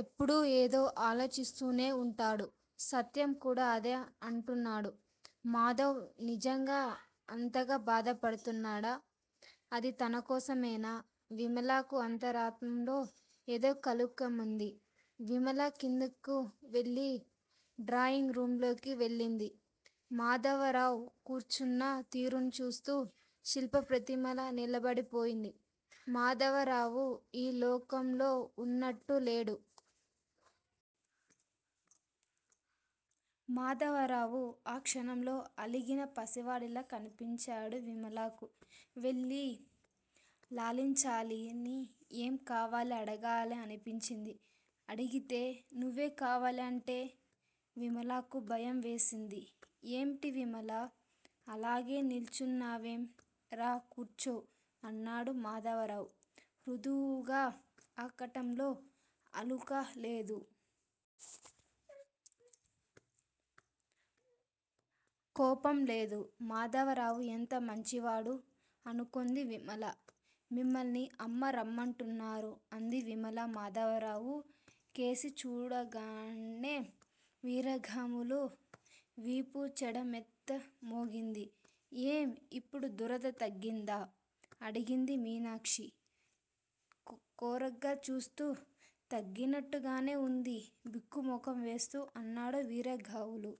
ఎప్పుడూ ఏదో ఆలోచిస్తూనే ఉంటాడు. సత్యం కూడా అదే అంటున్నాడు. మాధవ్ నిజంగా అంతగా బాధపడుతున్నాడా? అది తనకోసమేనా? విమలకు అంతరాంత్మల్లో ఏదో కలుక్కుమంది. విమల కిందకు వెళ్ళి డ్రాయింగ్ రూంలోకి వెళ్ళింది. మాధవరావు కూర్చున్న తీరును చూస్తూ శిల్పప్రతిమలా నిలబడిపోయింది. మాధవరావు ఈ లోకంలో ఉన్నట్టు లేడు. మాధవరావు ఆ క్షణంలో అలిగిన పసివాడిలా కన్పించాడు విమలాకు. వెళ్ళి లాలించాలి ఏం కావాలి అడగాలనీ అనిపించింది. అడిగితే? నువ్వే కావాలి అంటే? విమలాకు భయం వేసింది. ఏమిటి విమలా? అలాగే నిల్చున్నావేం? రా! కూర్చో! అన్నాడు మాధవరావు మృదువుగా. ఆ కంఠంలో అలుక లేదు. కోపం లేదు. మాధవరావు ఎంత మంచివాడు! అనుకుంది విమల. మిమ్మల్ని అమ్మ రమ్మంటున్నారు అంది విమల మాధవరావు కేసి చూడగానే. వీర్రాఘవులు వీపు చెడ్డమోత మోగింది. ఏం? ఇప్పుడు దురద తగ్గిందా? అడిగింది మీనాక్షి కోరగా చూస్తూ. తగ్గినట్టుగానే ఉంది బిక్కు మొహం వేస్తూ అన్నాడు వీర్రాఘవులు.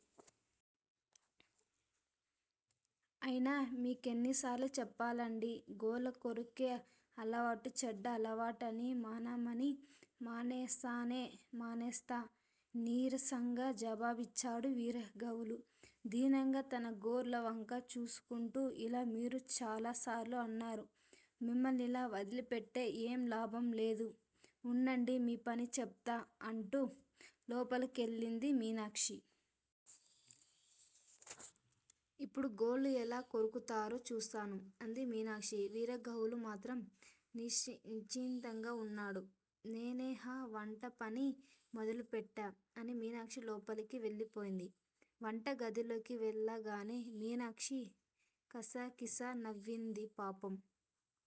అయినా మీకెన్నిసార్లు చెప్పాలండీ గోళ్ల కొరికే అలవాటు చెడ్డ అలవాటనీ మానమనీ మానేస్తానే మానేస్తా నీర్సంగా జవాబిచ్చాడు వీర్రాఘవులు దీనంగా తన గోర్లవంక చూస్కుంటూ. ఇలా మీరు చాలాసార్లు అన్నారు మిమ్మల్నిలా వదిలిపెడ్తే ఏం లాభం లేదు ఉండండి మీ పని చెప్తా అంటూ లోపలికెళ్లింది మీనాక్షి. ఇప్పుడు గోళ్లు ఎలా కొరుకుతారో చూస్తాను అంది మీనాక్షి. వీర్రాఘవులు మాత్రం నిశి నిశ్చితంగా ఉన్నాడు. నేనిహ వంటపని మొదలుపెటాం అని మీనాక్షి లోపలికి వెళ్లిపోయింది. వంటగదిలోకి వెళ్ళగానే మీనాక్షి కసకిసా నవ్వింది. పాపం!